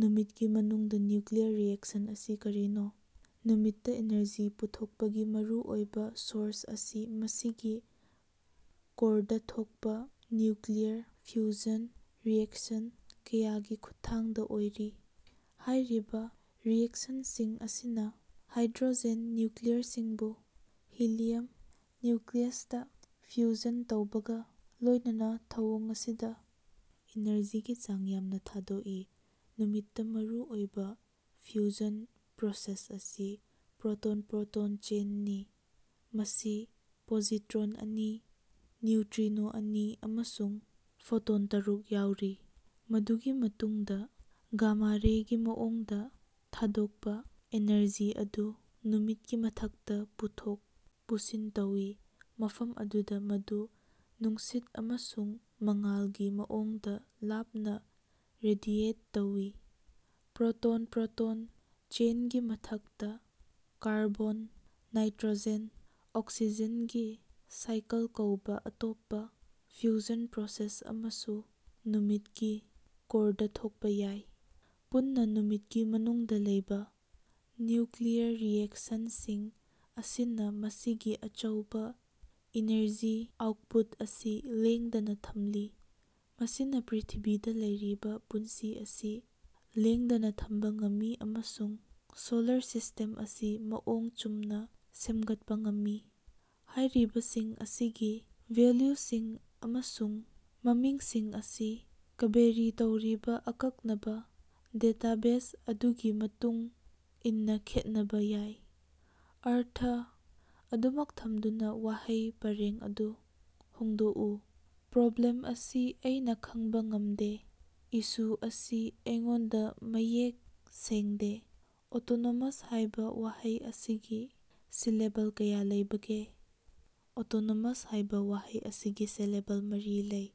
ꯅꯨꯃꯤꯠꯀꯤ ꯃꯅꯨꯡꯗ nuclear reaction ꯑꯁꯤ ꯀꯔꯤꯅꯣ? ꯅꯨꯃꯤꯠꯇ ꯏꯅꯔꯖꯤ ꯄꯨꯊꯣꯛꯄꯒꯤ ꯃꯔꯨꯑꯣꯏꯕ ꯁꯣꯔꯁ ꯑꯁꯤ ꯃꯁꯤꯒꯤ ꯀꯣꯔꯗ ꯊꯣꯛꯄ ꯅ꯭ꯌꯨꯀ꯭ꯂꯤꯌꯔ ꯐ꯭ꯌꯨꯖꯟ ꯔꯤꯑꯦꯛꯁꯟ ꯀꯌꯥꯒꯤ ꯈꯨꯠꯊꯥꯡꯗ ꯑꯣꯏꯔꯤ꯫ ꯍꯥꯏꯔꯤꯕ ꯔꯤꯑꯦꯛꯁꯟꯁꯤꯡ ꯑꯁꯤꯅ ꯍꯥꯏꯗ꯭ꯔꯣꯖꯦꯟ ꯅ꯭ꯌꯨꯀ꯭ꯂꯤꯌꯔꯁꯤꯡꯕꯨ ꯍꯤꯂꯤꯌꯝ ꯅ꯭ꯌꯨꯀ꯭ꯂꯤꯌꯁꯇ ꯐ꯭ꯌꯨꯖꯟ ꯇꯧꯕꯒ ꯂꯣꯏꯅꯅ ꯊꯧꯑꯣꯡ ꯑꯁꯤꯗ ꯏꯅꯔꯖꯤꯒꯤ ꯆꯥꯡ ꯌꯥꯝꯅ ꯊꯥꯗꯣꯛꯏ꯫ ꯅꯨꯃꯤꯠꯇ ꯃꯔꯨ ꯑꯣꯏꯕ ꯐ꯭ꯌꯨꯖꯟ ꯄ꯭ꯔꯣꯁꯦꯁ ꯑꯁꯤ ꯄ꯭ꯔꯣꯇꯣꯟ-ꯄ꯭ꯔꯣꯇꯣꯟ ꯆꯦꯟ ꯅꯤ, ꯃꯁꯤ ꯄꯣꯖꯤꯇ꯭ꯔꯣꯟ ꯑꯅꯤ, ꯅ꯭ꯌꯨꯇ꯭ꯔꯤꯅꯣ ꯑꯅꯤ, ꯑꯃꯁꯨꯡ ꯐꯣꯇꯣꯟ ꯇꯔꯨꯛ ꯌꯥꯎꯔꯤ꯫ ꯃꯗꯨꯒꯤ ꯃꯇꯨꯡꯗ ꯒꯥꯃꯥ ꯔꯦꯒꯤ ꯃꯑꯣꯡꯗ ꯊꯥꯗꯣꯛꯄ ꯑꯦꯅꯔꯖꯤ ꯑꯗꯨ ꯅꯨꯃꯤꯠꯀꯤ ꯃꯊꯛꯇ ꯄꯨꯊꯣꯛ ꯄꯨꯁꯤꯟ ꯇꯧꯏ, ꯃꯐꯝ ꯑꯗꯨꯗ ꯃꯗꯨ ꯅꯨꯡꯁꯤꯠ ꯑꯃꯁꯨꯡ ꯃꯉꯥꯜꯒꯤ ꯃꯑꯣꯡꯗ ꯂꯥꯞꯅ ꯔꯦꯗꯤꯑꯦꯠ ꯇꯧꯏ꯫ ꯄ꯭ꯔꯣꯇꯣꯟ-ꯄ꯭ꯔꯣꯇꯣꯟ ꯆꯦꯟꯒꯤ ꯃꯊꯛꯇ, ꯀꯥꯔꯕꯣꯟ- ꯅꯥꯏꯇ꯭ꯔꯣꯖꯦꯟ- ꯑꯣꯛꯁꯤꯖꯦꯟ ꯒꯤ ꯁꯥꯏꯀꯜ ꯀꯧꯕ ꯑꯇꯣꯞꯄ ꯐ꯭ꯌꯨꯖꯟ ꯄ꯭ꯔꯣꯁꯦꯁ ꯑꯃꯁꯨ ꯅꯨꯃꯤꯠꯀꯤ ꯀꯣꯔꯗ ꯊꯣꯛꯄꯥ ꯌꯥꯏ꯫ ꯄꯨꯟꯅ ꯅꯨꯃꯤꯠꯀꯤ ꯃꯅꯨꯡꯗ ꯂꯩꯕ ꯅ꯭ꯌꯨꯀ꯭ꯂꯤꯌꯔ ꯔꯤꯑꯦꯛꯁꯟꯁꯤꯡ ꯑꯁꯤꯅ ꯃꯁꯤꯒꯤ ꯑꯆꯧꯕ ꯏꯅꯔꯖꯤ ꯑꯥꯎꯠꯄꯨꯠ ꯑꯁꯤ ꯂꯦꯡꯗꯅ ꯊꯝꯂꯤ, ꯃꯁꯤꯅ ꯄ꯭ꯔꯤꯊꯤꯕꯤꯗ ꯂꯩꯔꯤꯕ ꯄꯨꯟꯁꯤ ꯑꯁꯤ ꯂꯦꯡꯗꯅ ꯊꯝꯕ ꯉꯝꯃꯤ ꯑꯃꯁꯨꯡ ꯁꯣꯂꯔ ꯁꯤꯁ꯭ꯇꯦꯝ ꯑꯁꯤ ꯃꯑꯣꯡ ꯆꯨꯝꯅ ꯁꯦꯝꯒꯠꯄ ꯉꯝꯃꯤ꯫ ꯍꯥꯏꯔꯤꯕꯁꯤꯡ ꯑꯁꯤꯒꯤ ꯚꯦꯜꯌꯨꯁꯤꯡ ꯑꯃꯁꯨꯡ ꯃꯃꯤꯡꯁꯤꯡ ꯑꯁꯤ ꯀꯕꯦꯔꯤ ꯇꯧꯔꯤꯕ ꯑꯀꯛꯅꯕ ꯗꯦꯇꯥꯕꯦꯖ ꯑꯗꯨꯒꯤ ꯃꯇꯨꯡ ꯏꯟꯅ ꯈꯦꯠꯅꯕ ꯌꯥꯏ꯫ ꯑꯔꯊ ꯑꯗꯨꯃꯛ ꯊꯝꯗꯨꯅ ꯋꯥꯍꯩ ꯄꯔꯦꯡ ꯑꯗꯨ ꯍꯣꯡꯗꯣꯛꯎ꯫ ꯄ꯭ꯔꯣꯕ꯭ꯂꯦꯝ ꯑꯁꯤ ꯑꯩꯅ ꯈꯪꯕ ꯉꯝꯗꯦ꯫ ꯏꯁꯨ ꯑꯁꯤ ꯑꯩꯉꯣꯟꯗ ꯃꯌꯦꯛ ꯁꯦꯡꯗꯦ꯫ ꯑꯣꯇꯣꯅꯣꯃꯁ ꯍꯥꯏꯕ ꯋꯥꯍꯩ ꯑꯁꯤꯒꯤ ꯁꯤꯂꯦꯕꯜ ꯀꯌꯥ ꯂꯩꯕꯒꯦ? ꯑꯣꯇꯣꯅꯣꯃꯁ ꯍꯥꯏꯕ ꯋꯥꯍꯩ ꯑꯁꯤꯒꯤ ꯁꯤꯂꯦꯕꯜ ꯃꯔꯤ ꯂꯩ꯫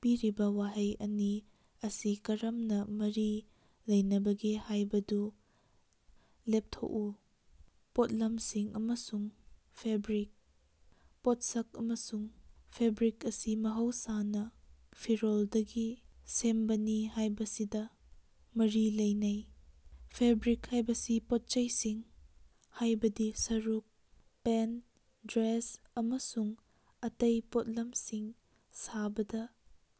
ꯄꯤꯔꯤꯕ ꯋꯥꯍꯩ ꯑꯅꯤ ꯑꯁꯤ ꯀꯔꯝꯅ ꯃꯔꯤ ꯂꯩꯅꯕꯒꯦ ꯍꯥꯏꯕꯗꯨ ꯂꯦꯞ ꯊꯣꯛꯎ꯫ ꯄꯣꯠꯂꯝꯁꯤꯡ ꯑꯃꯁꯨꯡ ꯐꯦꯕ꯭ꯔꯤꯛ꯫ ꯄꯣꯠꯁꯛ ꯑꯃꯁꯨꯡ ꯐꯦꯕ꯭ꯔꯤꯛ ꯑꯁꯤ ꯃꯍꯧꯁꯥꯅ ꯐꯤꯔꯣꯜꯗꯒꯤ ꯁꯦꯝꯕꯅꯤ ꯍꯥꯏꯕꯁꯤꯗ ꯃꯔꯤ ꯂꯩꯅꯩ꯫ ꯐꯦꯕ꯭ꯔꯤꯛ ꯍꯥꯏꯕꯁꯤ ꯄꯣꯠꯆꯩꯁꯤꯡ ꯍꯥꯏꯕꯗꯤ ꯁꯔꯨꯛ, ꯄꯦꯟꯠ, ꯗ꯭ꯔꯦꯁ, ꯑꯃꯁꯨꯡ ꯑꯇꯩ ꯄꯣꯠꯂꯝꯁꯤꯡ ꯁꯥꯕꯗ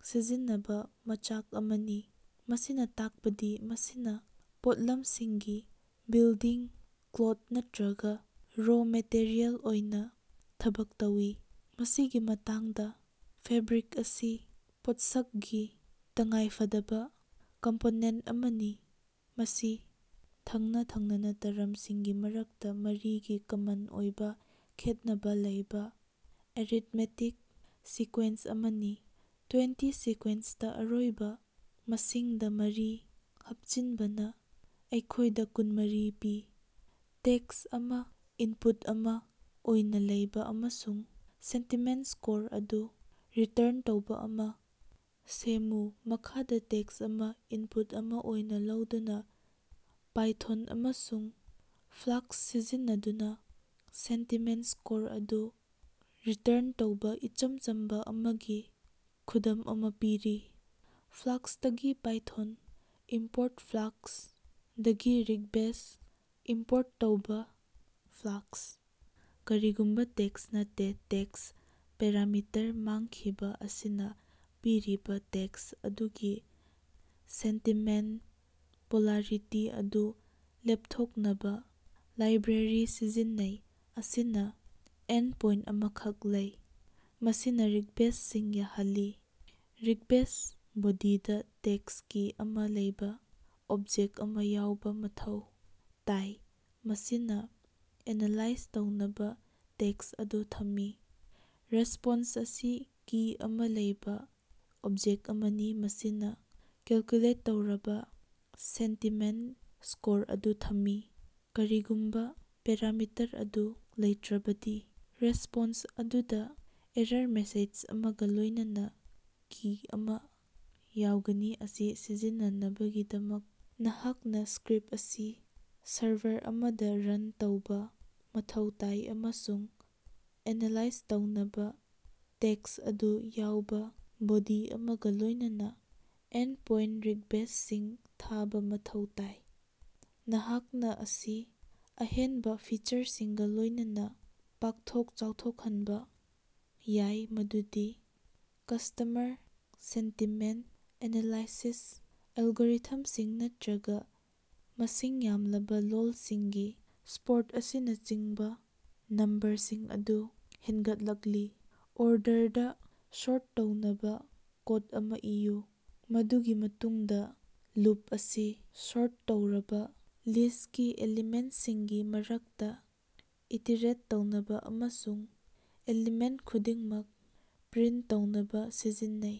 ꯁꯤꯖꯤꯟꯅꯕ ꯃꯆꯥꯛ ꯑꯃꯅꯤ, ꯃꯁꯤꯅ ꯇꯥꯛꯄꯗꯤ ꯃꯁꯤꯅ ꯄꯣꯠꯂꯝꯁꯤꯡꯒꯤ ꯕꯤꯜꯗꯤꯡ ꯕ꯭ꯂꯣꯛ ꯅꯠꯇ꯭ꯔꯒ ꯔꯣ ꯃꯦꯇꯔꯤꯌꯦꯜ ꯑꯣꯏꯅ ꯊꯕꯛ ꯇꯧꯏ꯫ ꯃꯁꯤꯒꯤ ꯃꯇꯥꯡꯗ ꯐꯦꯕ꯭ꯔꯤꯛ ꯑꯁꯤ ꯄꯣꯠꯁꯛ ꯒꯤ ꯇꯉꯥꯏꯐꯗꯕ ꯀꯝꯄꯣꯅꯦꯟꯠ ꯑꯃꯅꯤ꯫ ꯃꯁꯤ ꯊꯪꯅ-ꯊꯪꯅꯅ ꯇꯔꯝꯁꯤꯡꯒꯤ ꯃꯔꯛꯇ ꯃꯔꯤꯒꯤ ꯀꯃꯟ ꯑꯣꯏꯕ ꯈꯦꯠꯅꯕ ꯂꯩꯕ ꯑꯦꯔꯤꯊꯃꯦꯇꯤꯛ ꯁꯤꯀꯨ꯭ꯌꯦꯟꯁ ꯑꯃꯅꯤ꯫ ꯇꯨ꯭ꯋꯦꯟꯇꯤ ꯁꯤꯀꯨ꯭ꯌꯦꯟꯁꯇ ꯑꯔꯣꯏꯕ ꯃꯁꯤꯡꯗ ꯃꯔꯤ ꯍꯥꯞꯆꯤꯟꯕꯅ ꯑꯩꯈꯣꯏꯗ ꯀꯨꯟꯃꯔꯤ ꯄꯤ꯫ ꯇꯦꯛꯁ ꯑꯃ ꯏꯟꯄꯨꯠ ꯑꯃ ꯑꯣꯏꯅ ꯂꯧꯕ ꯑꯃꯁꯨꯡ ꯁꯦꯟꯇꯤꯃꯦꯟꯠ ꯁ꯭ꯀꯣꯔ ꯑꯗꯨ ꯔꯤꯇꯔꯟ ꯇꯧꯕ ꯑꯃ ꯁꯦꯝꯃꯨ꯫ ꯃꯈꯥꯗ ꯇꯦꯛꯁ ꯑꯃꯥ ꯏꯟꯄꯨꯠ ꯑꯃ ꯑꯣꯏꯅ ꯂꯧꯗꯨꯅ ꯄꯥꯏꯊꯣꯟ ꯑꯃꯁꯨꯡ ꯐ꯭ꯂꯥꯛꯁ ꯁꯤꯖꯤꯟꯅꯗꯨꯅ ꯁꯦꯟꯇꯤꯃꯦꯟꯠ ꯁ꯭ꯀꯣꯔ ꯑꯗꯨ ꯔꯤꯇꯔꯟ ꯇꯧꯕ ꯏꯆꯝ ꯆꯝꯕ ꯑꯃꯒꯤ ꯈꯨꯗꯝ ꯑꯃ ꯄꯤꯔꯤ꯫ ꯐ꯭ꯂꯥꯛꯁ ꯇꯒꯤ ꯄꯥꯏꯊꯣꯟ ꯏꯝꯄꯣꯔꯠ ꯐ꯭ꯂꯥꯛꯁ, ꯗꯒꯤ ꯔꯤꯛꯕꯦꯁ ꯏꯝꯄꯣꯔꯠ ꯇꯧꯕ ꯐ꯭ꯂꯥꯛꯁ꯫ ꯀꯔꯤꯒꯨꯝꯕ ꯇꯦꯛꯁ ꯅꯠꯇꯦ: ꯇꯦꯛꯁ ꯄꯦꯔꯥꯃꯤꯇꯔ ꯃꯥꯡꯈꯤꯕ ꯑꯁꯤꯅ ꯄꯤꯔꯤꯕ ꯇꯦꯛꯁ ꯑꯗꯨꯒꯤ ꯁꯦꯟꯇꯤꯃꯦꯟꯠ ꯄꯣꯂꯥꯔꯤꯇꯤ ꯑꯗꯨ ꯂꯦꯞꯊꯣꯛꯅꯕ ꯂꯥꯏꯕ꯭ꯔꯦꯔꯤ ꯁꯤꯖꯤꯟꯅꯩ꯫ ꯑꯁꯤꯅ ꯑꯦꯟꯗꯄꯣꯏꯟꯠ ꯑꯃꯈꯛ ꯂꯩ, ꯃꯁꯤꯅ ꯔꯤꯛꯕꯦꯁꯁꯤꯡ ꯌꯥꯍꯜꯂꯤ꯫ ꯔꯤꯛꯕꯦꯁ ꯕꯣꯗꯤꯗ ꯇꯦꯛꯁ ꯀꯤ ꯑꯃ ꯂꯩꯕ ꯑꯣꯕꯖꯦꯛ ꯑꯃ ꯌꯥꯎꯕ ꯃꯊꯧ ꯇꯥꯏ, ꯃꯁꯤꯅ ꯑꯦꯅꯥꯂꯥꯏꯖ ꯇꯧꯅꯕ ꯇꯦꯛꯁ ꯑꯗꯨ ꯊꯝꯃꯤ꯫ ꯔꯦꯁꯄꯣꯟꯁ ꯑꯁꯤ ꯀꯤ ꯑꯃ ꯂꯩꯕ ꯑꯣꯕꯖꯦꯛ ꯑꯃꯅꯤ, ꯃꯁꯤꯅ ꯀꯦꯜꯀꯨꯂꯦꯠ ꯇꯧꯔꯕ ꯁꯦꯟꯇꯤꯃꯦꯟꯠ ꯁ꯭ꯀꯣꯔ ꯑꯗꯨ ꯊꯝꯃꯤ꯫ ꯀꯔꯤꯒꯨꯝꯕ ꯄꯦꯔꯥꯃꯤꯇꯔ ꯑꯗꯨ ꯂꯩꯇ꯭ꯔꯕꯗꯤ, ꯔꯦꯁꯄꯣꯟꯁ ꯑꯗꯨꯗ ꯑꯦꯔꯔ ꯃꯦꯁꯦꯖ ꯑꯃꯒ ꯂꯣꯏꯅꯅ ꯀꯤ ꯑꯃ ꯌꯥꯎꯒꯅꯤ, ꯑꯁꯤ ꯁꯤꯖꯤꯟꯅꯅꯕꯒꯤꯗꯃꯛ, ꯅꯍꯥꯛꯅ ꯁ꯭ꯀꯔꯤꯞ ꯑꯁꯤ ꯁꯔꯚꯔ ꯑꯃꯗ ꯔꯟ ꯇꯧꯕ ꯃꯊꯧ ꯇꯥꯏ ꯑꯃꯁꯨꯡ ꯑꯦꯅꯥꯂꯥꯏꯖ ꯇꯧꯅꯕ ꯇꯦꯛꯁ ꯑꯗꯨ ꯌꯥꯎꯕ ꯕꯣꯗꯤ ꯑꯃꯒ ꯂꯣꯏꯅꯅ ꯑꯦꯟꯄꯣꯏꯟꯠꯇ ꯔꯤꯛꯕꯦꯁꯁꯤꯡ ꯊꯥꯕ ꯃꯊꯧ ꯇꯥꯏ꯫ ꯅꯍꯥꯛꯅ ꯑꯁꯤ ꯑꯍꯦꯟꯕ ꯐꯤꯆꯔꯁꯤꯡꯒ ꯂꯣꯏꯅꯅ ꯄꯥꯛꯊꯣꯛ ꯆꯥꯎꯊꯣꯛꯍꯟꯕ ꯌꯥꯏ, ꯃꯗꯨꯗꯤ ꯀꯁꯇꯃꯔ ꯁꯦꯟꯇꯤꯃꯦꯟꯠ ꯑꯦꯅꯥꯂꯥꯏꯁꯤꯁ ꯑꯦꯜꯒꯣꯔꯤꯊꯝꯁꯤꯡ ꯅꯠꯇ꯭ꯔꯒ ꯃꯁꯤꯡ ꯌꯥꯝꯂꯕ ꯂꯣꯜꯁꯤꯡꯒꯤ ꯁꯄꯣꯔꯠ ꯑꯁꯤꯅꯆꯤꯡꯕ꯫ ꯅꯝꯕꯔꯁꯤꯡ ꯑꯗꯨ ꯍꯦꯟꯒꯠꯂꯛꯂꯤꯕ ꯑꯣꯔꯗꯔꯗ ꯁꯣꯔꯠ ꯇꯧꯅꯕ ꯀꯣꯗ ꯑꯃ ꯏꯌꯨ꯫ ꯃꯗꯨꯒꯤ ꯃꯇꯨꯡꯗ ꯂꯨꯞ ꯑꯁꯤ ꯁꯣꯔꯠ ꯇꯧꯔꯕ ꯂꯤꯁꯀꯤ ꯑꯦꯂꯤꯃꯦꯟꯠꯁꯤꯡꯒꯤ ꯃꯔꯛꯇ ꯏꯇꯤꯔꯦꯠ ꯇꯧꯅꯕ ꯑꯃꯁꯨꯡ ꯑꯦꯂꯤꯃꯦꯟꯠ ꯈꯨꯗꯤꯡꯃꯛ ꯄ꯭ꯔꯤꯟꯠ ꯇꯧꯅꯕ ꯁꯤꯖꯤꯟꯅꯩ꯫